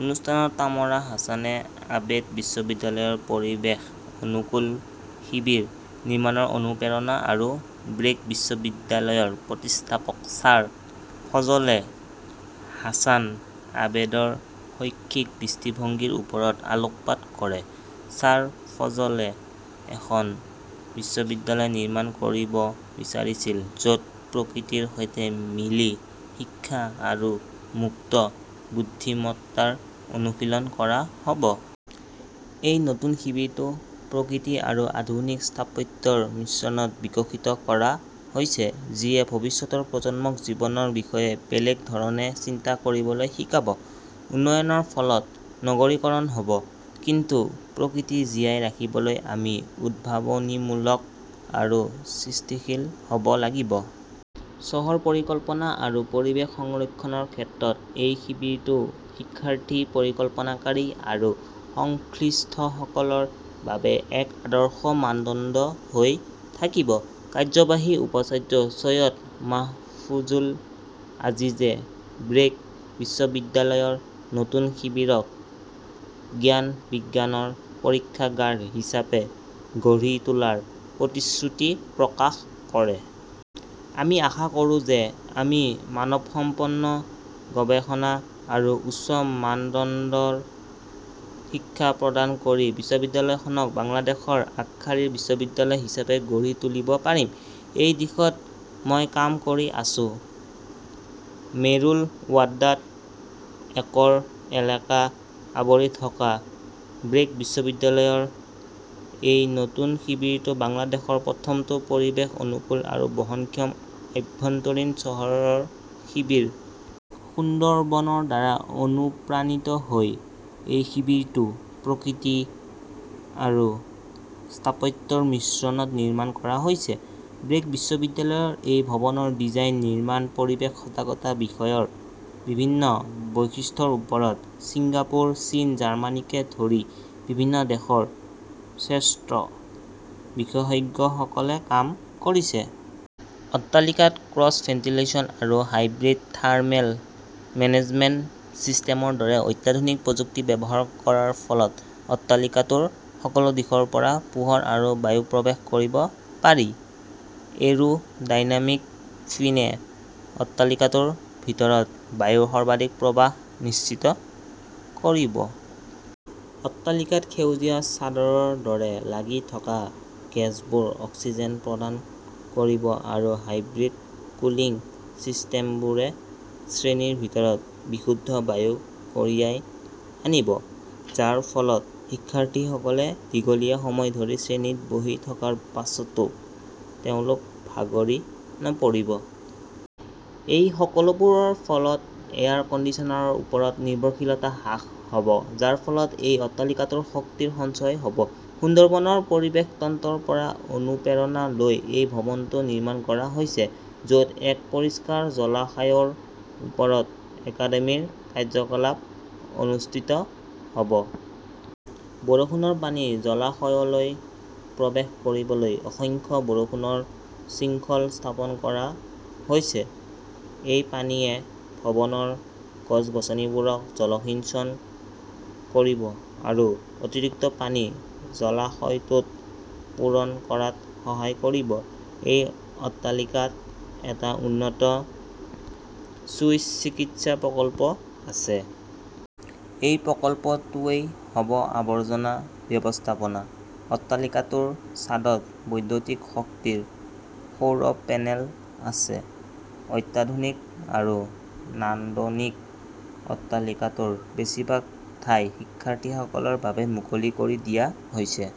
অনুষ্ঠানত তামৰা হাছানে আবেদ বিশ্ববিদ্যালয়ৰ পৰিৱেশ অনুকূল শিবিৰ নিৰ্মাণৰ অনুপ্ৰেৰণা আৰু ব্ৰেক বিশ্ববিদ্যালয়ৰ প্ৰতিষ্ঠাপক ছাৰ ফজলে হাছান আবেদৰ শৈক্ষিক দৃষ্টিভংগীৰ ওপৰত আলোকপাত কৰে। "ছাৰ ফজলে এখন বিশ্ববিদ্যালয় নিৰ্মাণ কৰিব বিচাৰিছিল য'ত প্ৰকৃতিৰ সৈতে মিলি শিক্ষা আৰু মুক্ত বুদ্ধিমত্তাৰ অনুশীলন কৰা হ'ব।" এই নতুন শিবিৰটো প্ৰকৃতি আৰু আধুনিক স্থাপত্যৰ মিশ্ৰণত বিকশিত কৰা হৈছে, যিয়ে ভৱিষ্যতৰ প্ৰজন্মক জীৱনৰ বিষয়ে বেলেগ ধৰণে চিন্তা কৰিবলৈ শিকাব। উন্নয়নৰ ফলত নগৰীকৰণ হ'ব, কিন্তু প্ৰকৃতি জীয়াই ৰাখিবলৈ আমি উদ্ভাৱনীমূলক আৰু সৃষ্টিশীল হ'ব লাগিব। চহৰ পৰিকল্পনা আৰু পৰিৱেশ সংৰক্ষণৰ ক্ষেত্ৰত এই শিবিৰটো শিক্ষাৰ্থী, পৰিকল্পনাকাৰী আৰু সংশ্লিষ্টসকলৰ বাবে এক আদৰ্শ মানদণ্ড হৈ থাকিব। কাৰ্যবাহী উপাচাৰ্য চৈয়দ মাহফুজুল আজিজে ব্ৰেক বিশ্ববিদ্যালয়ৰ নতুন শিবিৰক জ্ঞান-বিজ্ঞানৰ পৰীক্ষাগাৰ হিচাপে গঢ়ি তোলাৰ প্ৰতিশ্ৰুতি প্ৰকাশ কৰে। "আমি আশা কৰোঁ যে আমি মানসম্পন্ন গৱেষণা আৰু উচ্চ মানদণ্ডৰ শিক্ষা প্ৰদান কৰি বিশ্ববিদ্যালয়খনক বাংলাদেশৰ আগশাৰীৰ বিশ্ববিদ্যালয় হিচাপে গঢ়ি তুলিব পাৰিম। সেই দিশত মই কাম কৰি আছোঁ।" মেৰুল বাড্ডাত একৰ এলেকা আৱৰি থকা ব্ৰেক বিশ্ববিদ্যালয়ৰ এই নতুন শিবিৰটো বাংলাদেশৰ প্ৰথমটো পৰিৱেশ-অনুকূল আৰু বহনক্ষম আভ্যন্তৰীণ চহৰৰ শিবিৰ। সুন্দৰবনৰ দ্বাৰা অনুপ্ৰাণিত হৈ এই শিবিৰটো প্ৰকৃতি আৰু স্থাপত্যৰ মিশ্ৰণত নিৰ্মাণ কৰা হৈছে। ব্ৰেক বিশ্ববিদ্যালয়ৰ এই ভৱনৰ ডিজাইন, নিৰ্মাণ, পৰিৱেশ সজাগতা বিষয়ৰ বিভিন্ন বৈশিষ্ট্যৰ ওপৰত ছিংগাপুৰ, চীন, জাৰ্মানীকে ধৰি বিভিন্ন দেশৰ শ্ৰেষ্ঠ বিশেষজ্ঞসকলে কাম কৰিছে। অট্টালিকাত ক্ৰছ ভেণ্টিলেচন আৰু হাইব্ৰিড থাৰ্মেল মেনেজমেণ্ট চিষ্টেমৰ দৰে অত্যাধুনিক প্ৰযুক্তি ব্যৱহাৰ কৰাৰ ফলত অট্টালিকাটোৰ সকলো দিশৰ পৰা পোহৰ আৰু বায়ু প্ৰৱেশ কৰিব পাৰি। এৰো ডাইনামিক ফিনে অট্টালিকাটোৰ ভিতৰত বায়ুৰ সৰ্বাধিক প্ৰবাহ নিশ্চিত কৰিব। অট্টালিকাত সেউজীয়া চাদৰৰ দৰে লাগি থকা গছবোৰে অক্সিজেন প্ৰদান কৰিব আৰু হাইব্ৰিড কুলিং চিষ্টেমবোৰে শ্ৰেণীৰ ভিতৰত বিশুদ্ধ বায়ু কঢ়িয়াই আনিব, যাৰ ফলত শিক্ষাৰ্থীসকলে দীঘলীয়া সময় ধৰি শ্ৰেণীত বহি থকাৰ পাছতো তেওঁলোক ভাগৰি নপৰিব। এই সকলোবোৰৰ ফলত এয়াৰ কণ্ডিচনাৰৰ ওপৰত নিৰ্ভৰশীলতা হ্ৰাস হ'ব, যাৰ ফলত এই অট্টালিকাটোৰ শক্তিৰ সঞ্চয় হ'ব। সুন্দৰবনৰ পৰিৱেশ তন্ত্ৰৰ পৰা অনুপ্ৰেৰণা লৈ এই ভৱনটো নিৰ্মাণ কৰা হৈছে। য'ত এক পৰিষ্কাৰ জলাশয়ৰ ওপৰত একাডেমীৰ কাৰ্যকলাপ অনুষ্ঠিত হ'ব। বৰষুণৰ পানী জলাশয়লৈ প্ৰৱেশ কৰিবলৈ অসংখ্য বৰষুণৰ শৃংখল স্থাপন কৰা হৈছে। এই পানীয়ে ভৱনৰ গছ-গছনিবোৰক জলসিঞ্চন কৰিব আৰু অতিৰিক্ত পানী জলাশয়টোত পূৰণ কৰাত সহায় কৰিব। এই অট্টালিকাত এটা উন্নত চুইচ চিকিৎসা প্ৰকল্প আছে। এই প্ৰকল্পটোৱেই হ'ব আৱৰ্জনা ব্যৱস্থাপনা। অট্টালিকাটোৰ ছাদত বৈদ্যুতিক শক্তিৰ সৌৰ পেনেল আছে । অত্যাধুনিক আৰু নান্দনিক অট্টালিকাটোৰ বেছিভাগ ঠাই শিক্ষাৰ্থীসকলৰ বাবে মুকলি কৰি দিয়া হৈছে।